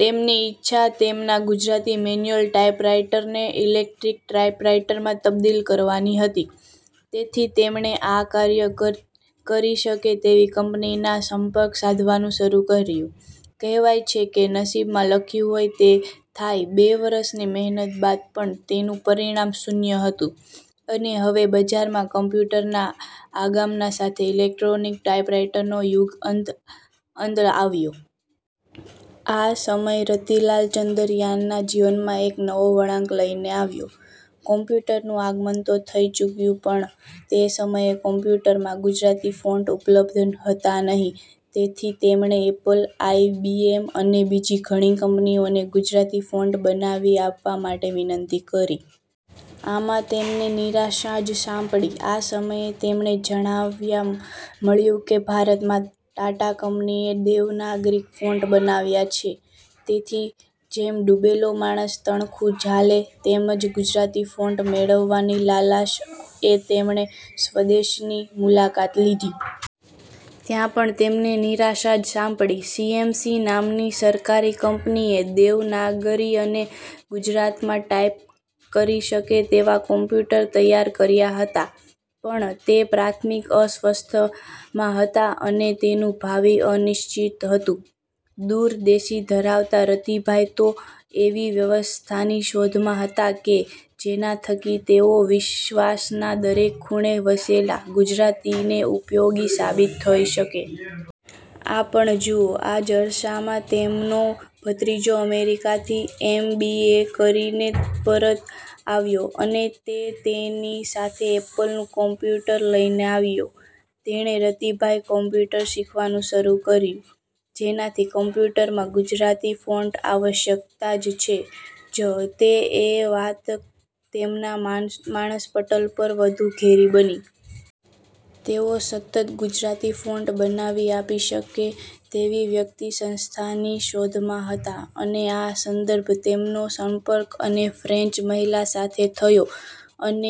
તેમની ઇચ્છા તેમના ગુજરાતી મેન્યુઅલ ટાઇપરાઇટરને ઇલેક્ટ્રિક ટાઇપરાઇટરમાં તબદિલ કરવાની હતી તેથી તેમણે આ કાર્ય કરી શકે તેવી કંપનીઓના સંપર્ક સાધવાનું શરૂ કર્યું. કહેવાય છે કે નસીબમાં લખ્યું હોય તે થાય, બે વર્ષની મહેનત બાદ પણ તેનું પરિણામ શૂન્ય હતું અને હવે બજારમાં કમ્પ્યૂટરના આગમન સાથે ઇલેક્ટ્રિક ટાઇપરાઇટરના યુગ અંત અંત આવ્યો. આ સમય રતિલાલ ચંદરયાના જીવનમાં એક નવો વળાંક લઈને આવ્યો. કમ્પ્યૂટરનું આગમન તો થઈ ચૂક્યું પણ તે સમયે કમ્પ્યૂટરમાં ગુજરાતી ફોન્ટ ઉપલબ્ધ હતા નહીં તેથી તેમણે એપલ, આઇબીએમ અને બીજી ઘણી કંપનીઓને ગુજરાતી ફોન્ટ બનાવી આપવા માટે વિનંતી કરી. આમાં તેમને નિરાશા જ સાંપડી. આ સમયે તેમને જણવા મળ્યું કે ભારતમાં તાતા કંપનીએ દેવનાગરી ફોન્ટ બનાવ્યા છે તેથી જેમ ડૂબતો માણસ તરણું ઝાલે તેમ જ ગુજરાતી ફોન્ટ મેળવવાની લાલાસ એ તેમણે સ્વદેશની મુલાકાત લીધી. ત્યાં પણ તેમને નિરાશા જ સાંપડી. સીએમસી નામની સરકારી કંપનીએ દેવનાગરી અને ગુજરાતીમાં ટાઇપ કરી શકે તેવા કમ્પ્યૂટર તૈયાર કર્યા હતા પણ તે પ્રાથમિક અવસ્થામાં હતાં અને તેનું ભાવિ અનિશ્ચિત હતું. દૂરંદેશી ધરાવતા રતિભાઈ તો એવી વ્યવસ્થાની શોધમાં હતા કે જેના થકી તેઓ વિશ્વાસના દરેક ખૂણે વસેલા ગુજરાતીને ઉપયોગી સાબિત થઈ શકે. આ પણ જુઓ: આ જ અરસામાં તેમનો ભત્રીજો અમેરિકાથી એમ. બી. એ. કરીને પરત આવ્યો અને તે તેની સાથે એપલનું કમ્પ્યૂટર લઈને આવ્યો. તેણે રતિભાઈ કમ્પ્યૂટર શીખવવાનું શરૂ કર્યું. જેનાથી કમ્પ્યૂટરમાં ગુજરાતી ફોન્ટની આવશ્યકતા છે જ એ વાત તેમના માનસપટ પર વધુ ઘેરી બની. તેઓ સતત ગુજરાતી ફોન્ટ બનાવી આપી શકે તેવી વ્યક્તિ-સંસ્થાની શોધમાં હતા અને આ સંદર્ભે તેમનો સંપર્ક અને ફ્રેન્ચ મહિલા સાથે થયો એન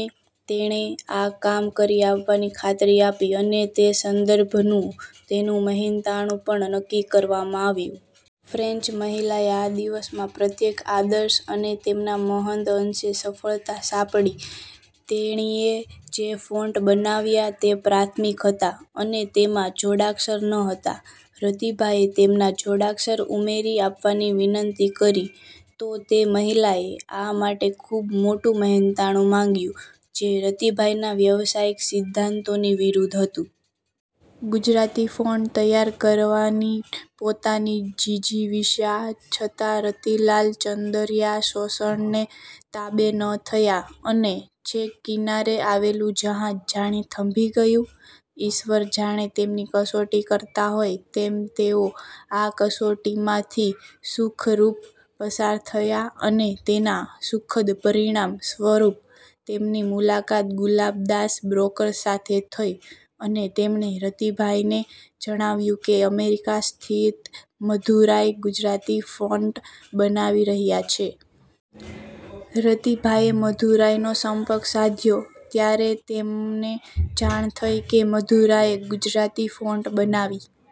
તેણે આ કામ કરી આપવાની ખાતરી આપી અને તે સંદર્ભનું તેનું મહેનતાણું પણ નક્કી કરવામાં આવ્યું. ફ્રેન્ચ મહિલાએ આ દિવસમાં પ્રયત્નો આદર્શ અને તેમાં મહદઅંશે સફળતા સાંપડી. તેણીએ જે ફોન્ટ બનાવ્યા તે પ્રાથમિક હતા અને તેમાં જોડાક્ષરો ન હતા. રતિભાઈએ તેમાં જોડાક્ષરો ઉમેરી આપવાની વિનંતી કરી તો તે મહિલાએ આ માટે ખૂબ મોટું મહેનતાણું માંગ્યું જે રતિભાઈના વ્યવસાયિક સિદ્ધાંતોની વિરુદ્ધ હતું. ગુજરાતી ફોન્ટ તૈયાર કરવાની પોતાની જિજીવિષા છતાં રતિલાલ ચંદરયા શોષણને તાબે ન થયા અને છેક કિનારે આવેલું જહાજ જાણે થંભી ગયું. ઈશ્વર જાણે તેમની કસોટી કરતો હોય તેમ તેઓ આ કસોટીમાંથી સુખરૂપ પસાર થયા અને તેના સુખદ પરિણામ સ્વરૂપ તેમની મુલાકત ગુલાબદાસ બ્રોકર સાથે થઈ અને તેમણે રતિભાઈને જણાવ્યું કે અમેરિકા સ્થિત મધુરાય ગુજરાતી ફોન્ટ બનાવી રહ્યા છે. રતિભાઈએ મધુરાયનો સંપર્ક સાધ્યો ત્યારે તેમને જાણ થઈ કે મધુરાયે ગુજરાતી ફોન્ટ બનાવી